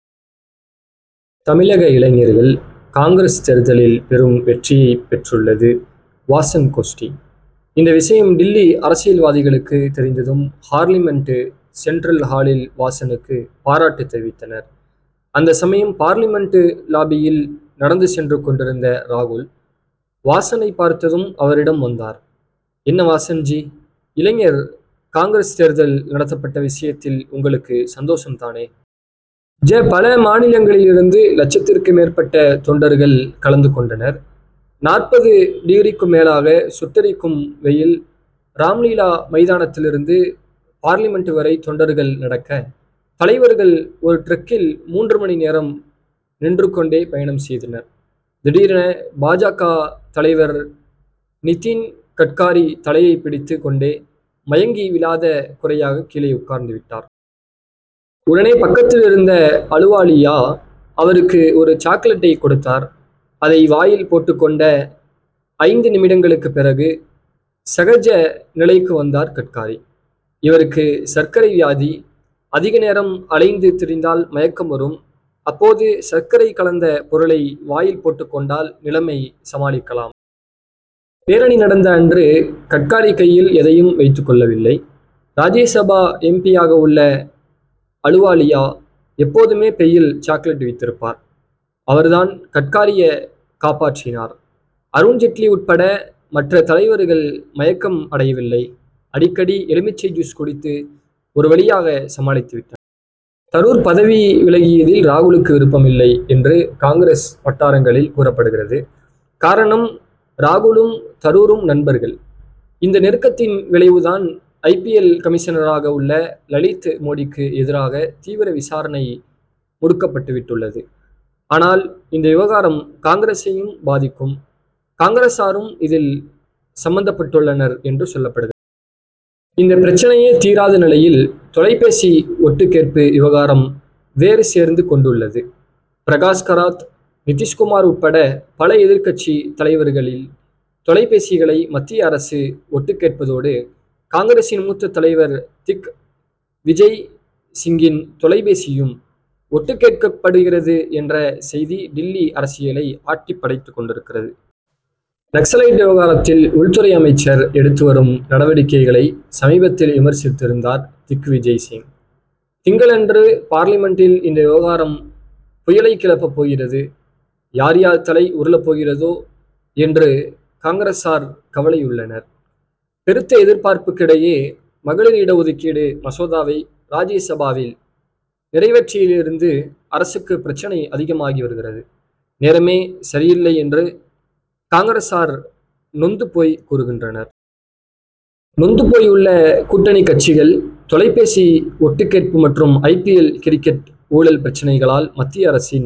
தமிழக இளைஞர்கள் காங்கிரஸ் தேர்தலில் பெரும் வெற்றியைப் பெற்றுள்ளது வாசன் கோஷ்டி. இந்த விஷயம் டில்லி அரசியல்வாதிகளுக்கு தெரிந்ததும் பார்லிமென்ட் சென்ட்ரல் ஹாலில் வாசனுக்கு பாராட்டு தெரிவித்தனர். அந்த சமயம், பார்லிமென்ட் லாபியில் நடந்து சென்று கொண்டிருந்த ராகுல், வாசனைப் பார்த்ததும் அவரிடம் வந்தார். 'என்ன வாசன்ஜி, இளைஞர் காங்கிரஸ் தேர்தல் நடத்தப்பட்ட விதத்தில் உங்களுக்கு சந்தோஷம் தானே? ஜ., பல மாநிலங்களிலிருந்து லட்சத்திற்கும் மேற்பட்ட தொண்டர்கள் கலந்து கொண்டனர். நாற்பது டிகிரிக்கும் மேலாக சுட்டெரிக்கும் வெயில். ராம்லீலா மைதானத்திலிருந்து பார்லிமென்ட் வரை தொண்டர்கள் நடக்க, தலைவர்கள் ஒரு டிரக்கில் மூன்றுமணிநேரம் நின்று கொண்டே பயணம் செய்தனர். திடீரென, பா. ஜ.க, தலைவர் நிதின் கட்காரி தலையைப் பிடித்துக் கொண்டே மயங்கி விழாத குறையாக கீழே உட்கார்ந்துவிட்டார். உடனே, பக்கத்திலிருந்த அலுவாலியா, அவருக்கு ஒரு சாக்லெட்டைக் கொடுத்தார். அதை வாயில் போட்டுக் கொண்ட, ஐந்து நிமிடங்களுக்குப் பிறகு சகஜ நிலைக்கு வந்தார் கட்காரி. இவருக்கு சர்க்கரை வியாதி. அதிக நேரம் அலைந்து திரிந்தால் மயக்கம் வரும். அப்போது, சர்க்கரை கலந்த பொருளை வாயில் போட்டுக் கொண்டால் நிலைமையை சமாளிக்கலாம். பேரணி நடந்த அன்று கட்காரி கையில் எதையும் வைத்துக் கொள்ளவில்லை. ராஜ்யசபா எம். பி.,யாக உள்ள அலுவாலியா எப்போதுமே பையில் சாக்லெட் வைத்திருப்பார்; அவர் தான் கட்காரியை காப்பாற்றினார். அருண் ஜெட்லி உட்பட மற்ற தலைவர்கள் மயக்கம் அடையவில்லை. அடிக்கடி எலுமிச்சை ஜூஸ் குடித்து ஒரு வழியாக சமாளித்துவிட்டார். தரூர் பதவி விலகியதில் ராகுலுக்கு விருப்பமில்லை என்று காங்கிரஸ் வட்டாரங்களில் கூறப்படுகிறது. காரணம், ராகுலும் தரூரும் நண்பர்கள். இந்த நெருக்கத்தின் விளைவு தான், ஐ. பி. எல்., கமிஷனராக உள்ள லலித் மோடிக்கு எதிராக தீவிர விசாரணை முடுக்கிவிடப்பட்டுள்ளது. ஆனால், இந்த விவகாரம் காங்கிரசையும் பாதிக்கும், காங்கிரசாரும் இதில் சம்பந்தப்பட்டுள்ளனர் என்று சொல்லப்படுகிறது. இந்த பிரச்னையே தீராத நிலையில், தொலைபேசி ஒட்டுக் கேட்பு விவகாரம் வேறு சேர்ந்து கொண்டுள்ளது. பிரகாஷ் கராத், நிதிஷ்குமார் உட்பட பல எதிர்க்கட்சித் தலைவர்களின் தொலைபேசிகளை மத்திய அரசு ஒட்டுக் கேட்பதோடு, காங்கிரசின் மூத்த தலைவர் திக் விஜய் சிங்கின் தொலைபேசியும் ஒட்டுக் கேட்கப்படுகிறது என்ற செய்தி டில்லி அரசியலை ஆட்டிப் படைத்துக் கொண்டிருக்கிறது. நக்சலைட் விவகாரத்தில் உள்துறை அமைச்சர் எடுத்து வரும் நடவடிக்கைகளை சமீபத்தில் விமர்சித்திருந்தார் திக் விஜய் சிங். திங்களன்று பார்லிமென்டில் இந்த விவகாரம் புயலைக் கிளப்பப் போகிறது. யார், யார் தலை உருளப் போகிறதோ என்று காங்கிரசார் கவலை உள்ளனர். பெருத்த எதிர்ப்புக்கு இடையே மகளிர் இட ஒதுக்கீடு மசோதாவை ராஜ்யசபாவில் நிறைவேற்றியதிலிருந்து அரசுக்கு பிரச்னை அதிகமாகி வருகிறது, நேரமே சரியில்லை என்று காங்கிரசார் நொந்து போய் கூறுகின்றனர். நொந்து போயுள்ள கூட்டணிக் கட்சிகள் தொலைபேசி ஒட்டுக் கேட்பு மற்றும் ஐ. பி. எல்., கிரிக்கெட் ஊழல் பிரச்னைகளால் மத்திய அரசின்